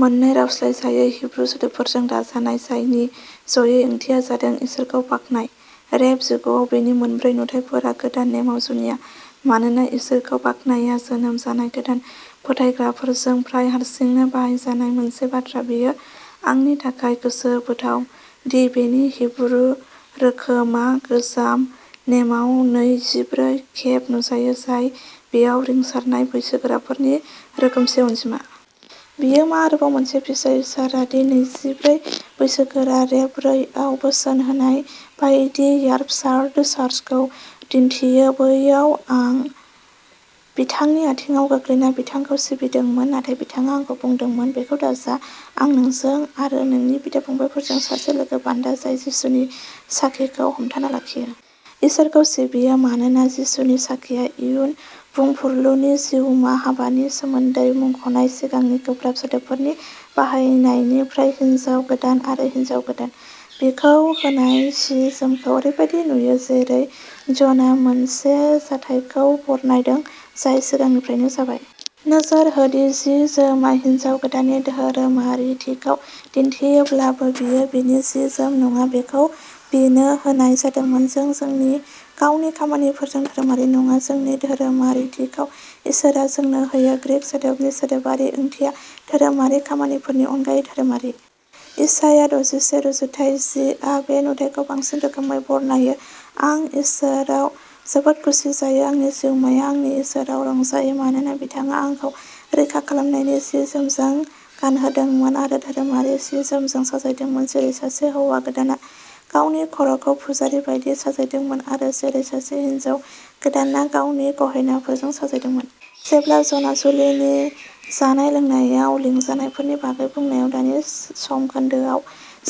मोननै रावस्लायजायै हिब्रु सोदोबफोरजों दाजानाय, जायनि ज'यै ओंथिया जादों, इसोरखौ बाख्नाय। रेभ जिगुआव बेनि मोनब्रै नुथाइफोरा गोदान नेमाव जुनिया। मानोना इसोरखौ बाख्नायआ जोनोम जानाय गोदान फोथायग्राफोरजों प्राय हारसिङैनो बाहायजानाय मोनसे बाथ्रा, बेयो आंनि थाखाय गोसोबोथाव दि बेनि हिब्रु रोखोमआ गोजाम नेमाव नैजिब्रै खेब नुजायो, जाय बेयाव रिंसारनाय बैसोगोराफोरनि रोखोमसे अनजिमा। बेयो मा आरोबाव मोनसे फिसा इसारा दि नैजिब्रै बैसोगोराफोरा रेभ ब्रै आव बोसोन होनाय बायदि र्यापचार्ड चार्चखौ दिन्थियो बेयाव आं बिथांनि आथिंआव गोग्लैना बिथांखौ सिबिदोंमोन। नाथाय बिथाङा आंखौ बुंदोंमोन, बेखौ दाजा आं नोंजों आरो नोंनि बिदा-फंबायफोरजों सासे लोगो बान्दा, जाय जिसुनि साखीखौ हमथाना लाखियो। इसोरखौ सिबियो मानोना जिसुनि साखीया इयुन बुंफुरलुनि जिउमा। हाबानि सोमोन्दै मुंख'नाय सिगांनि गोब्राब सोदोबफोरनि बाहायनायनिफ्राय, हिन्जाव गोदान आरो हिन्जाव गोदान। बिखौ होनाय जि-जोमखौ, ओरैबायदि नुयो जेरै जनआ मोनसे जाथायखौ बरनायदों, जाय सिगांनिफ्रायनो जाबाय। नोजोर हो दि जि-जोमआ हिनजाव गोदाननि धोरोमारिथिखौ दिन्थियोब्लाबो, बेयो बिनि जि-जोम नङा। बेखौ बिनो होनाय जादोंमोन। जों जोंनि गावनि खामानिफोरजों धोरोमारि नङा। जोंनि धोरोमारिथिखौ इसोरआ जोंनो होयो। ग्रीक सोदोबनि सोदोबारि ओंथिया धोरोमारि खामानिफोरनि अनगायै धोरोमारि। इसाया दजिसे रुजुथाइ जि आ बे नुथायखौ बांसिन रोखायै बरनायो। आं इसोराव जोबोद खुसि जायो; आंनि जिउमाया आंनि इसोराव रंजायो। मानोना बिथाङा आंखौ रैखाखालामनायनि जि-जोमजों गानहोदोंमोन आरो धोरोमारि सि-जोमजों साजायदोंमोन, जेरै सासे हौवा गोदानआ गावनि खर'खौ पुजारी बायदि साजायदोंमोन आरो जेरै सासे हिनजाव गोदानआ गावनि गहेनाफोरजों साजायदोंमोन। जेब्ला जनआ जुलिनि जानाय-लोंनायाव लिंजानायफोरनि बागै बुंनायाव दानि समखोन्दोआव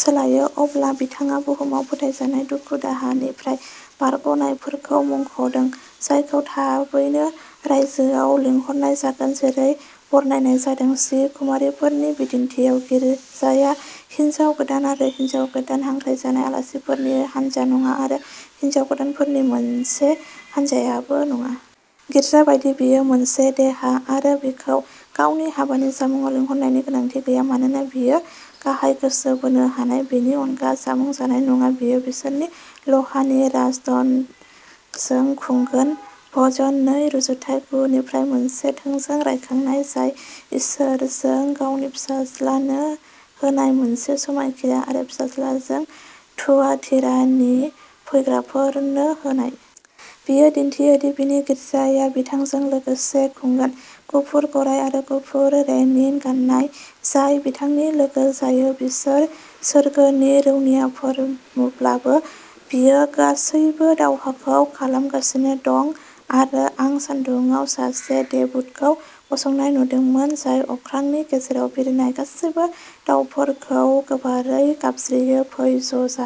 सोलायो, अब्ला बिथाङा बुहुमाव फोथायजानाय दुखु-दाहानिफ्राय बारग'नायफोरखौ मुंख'दों, जायखौ थाबैनो रायजोआव लिंहरनाय जागोन जेरै बरनायनाय जादों। जि कुमारीफोरनि बिदिन्थिआव। गिर्जाया हिन्जाव गोदान आरो हिन्जाव गोदानआ हांख्रायजानाय आलासिफोरनि हानजा नङा आरो हिन्जाव गोदानफोरनि मोनसे हानजायाबो नङा। गिर्जा बायदि, बियो मोनसे देहा। आरो बिखौ गावनि हाबानि जामुंआव लिंहरनायनि गोनांथि गैया, मानोना बियो गाहाय गोसो बोनो हानाय। बिनि अनगा जामुं जानाय नङा। बियो बिसोरखौ लहानि राजदण्डजों खुंगोनआ भजन नै रुजुथाइ गु निफ्राय मोनसे थोंजों रायखांनाय, जाय इसोरजों गावनि फिसाज्लानो होनाय मोनसे समायखिरा आरो फिसाज्लाजों थुयातिरानि फैग्राफोरनो होनाय। बेयो दिन्थियो दि बिनि गिर्जाया बिथांजों लोगोसे खुंगोन। गुफुर गराय आरो गुफुर लिनेन गान्नाय जाय बिथांनि लोगो जायो बिसोर सोरगोनि रौनियाफोरब्लाबो, बियो गासैबो दावहाखौ खालामगासिनो दं आरो आं सान्दुङाव सासे देबदूतखौ गसंनाय नुदोंमोन, जाय अख्रांनि गेजेराव बिरनाय गासैबो दावफोरखौ गोबारै गाबज्रियो, फै ज'जा।